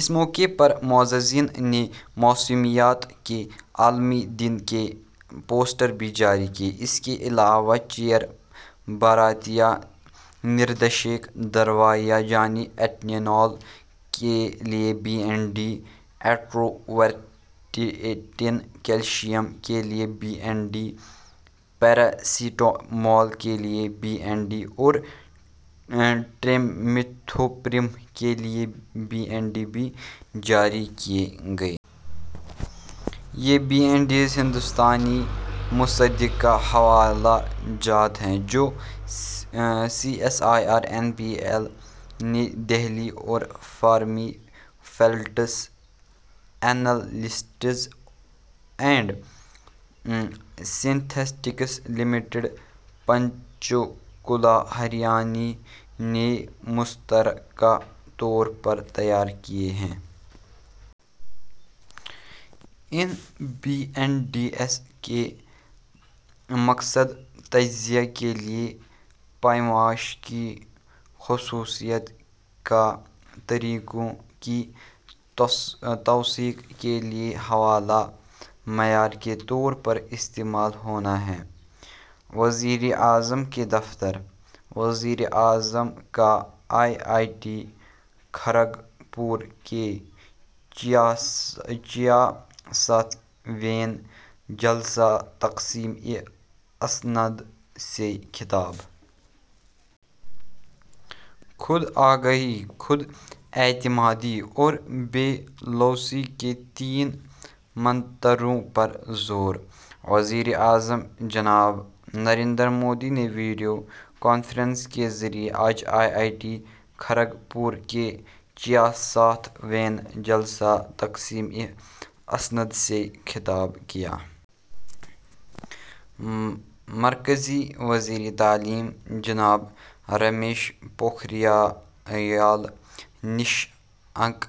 اس موقع پر معززین نے موسمیات کے عالمی دن کا پوسٹر بھی جاری کیا۔ اس کے علاوہ، چار بھارتیہ نردیشک درویاس یعنی ایٹینولول کے لیے B N D, atorvastatin calcium کے لیے بی این ڈی، پیراسیٹامال کے لیے بی این ڈی اور ٹرمتھوپرم کے لیے بی این ڈی بھی جاری کیے گئے۔ یہ بی این ڈیز ہندوستانی مصدقہ حوالہ جات ہیں، جو C S I R N P L, نئی دہلی اور Pharmaffiliates Analytics and Synthetics Limited, Panchkula, Haryana نے مشترکہ طور پر تیار کیے ہیں۔ ان بی این ڈیز کا مقصد تجزیے کے لیے پیمائش کی خصوصیات کے طریقوں کی توثیق کے لیے حوالہ معیار کے طور پر استعمال ہونا ہے۔ وزیر اعظم کا دفتر۔ وزیر اعظم کا آئی آئی ٹی کھڑگ پور کے چھیاسٹھویں جلسہ تقسیم اسناد سے خطاب۔ خود آگاہی، خود اعتمادی اور بے لوثی کے تین منتروں پر زور۔ وزیر اعظم جناب نریندر مودی نے ویڈیو کانفرنس کے ذریعے آج آئی آئی ٹی کھڑگ پور کے چھیاسٹھویں جلسہ تقسیم اسناد سے خطاب کیا۔ مرکزی وزیر تعلیم جناب رمیش پوکھریال نشنک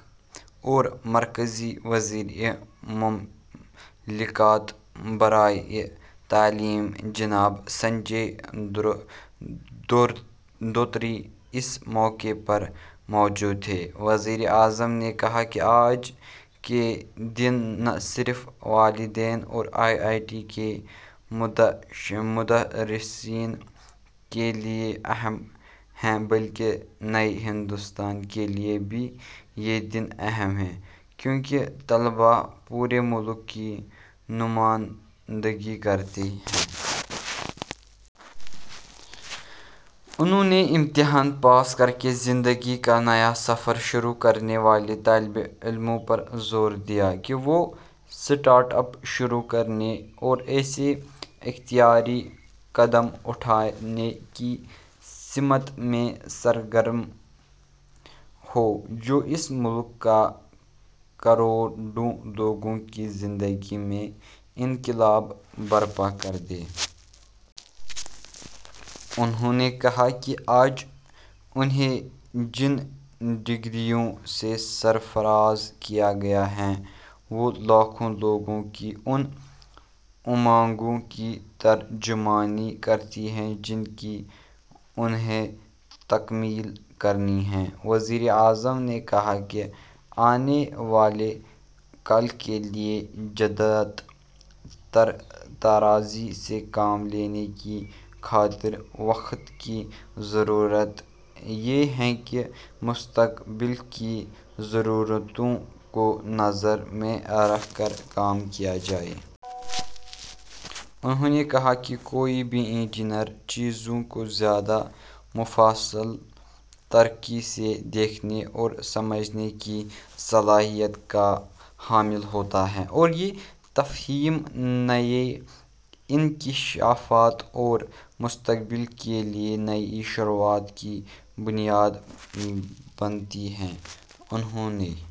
اور مرکزی وزیر مملکت برائے تعلیم جناب سنجے دھوترے اس موقع پر موجود تھے۔ وزیر اعظم نے کہا کہ آج کا دن نہ صرف والدین اور آئی آئی ٹی کے مدرسین کے لیے اہم ہے بلکہ نئے ہندوستان کے لیے بھی یہ دن اہم ہے، کیونکہ طلبا پورے ملک کی نمائندگی کرتے ہیں۔ انہوں نے امتحان پاس کرکے زندگی کا نیا سفر شروع کرنے والے طالب علموں پر زور دیا کہ وہ اسٹارٹ اپ شروع کرنے اور ایسے اختراعی قدم اٹھانے کی سمت میں سرگرم ہوں جو اس ملک کے کروڑوں لوگوں کی زندگی میں انقلاب برپا کردے۔ انہوں نے کہا کہ آج انہیں جن ڈگریوں سے سرفراز کیا گیا ہے، وہ لاکھوں لوگوں کی ان امنگوں کی ترجمانی کرتی ہیں جن کی انہیں تکمیل کرنی ہے۔ وزیر اعظم نے کہا کہ آنے والے کل کے لیے جدت طرازی سے کام لینے کی خاطر وقت کی ضرورت یہ ہے کہ مستقبل کی ضرورتوں کو نظر میں رکھ کر کام کیا جائے۔ انہوں نے کہا کہ کوئی بھی انجینئر چیزوں کو زیادہ مفصل طریقے سے دیکھنے اور سمجھنے کی صلاحیت کا حامل ہوتا ہے اور یہ تفہیم نئے انکشافات اور مستقبل کے لیے نئی شروعات کی بنیاد بنتی ہے۔ انہوں نے...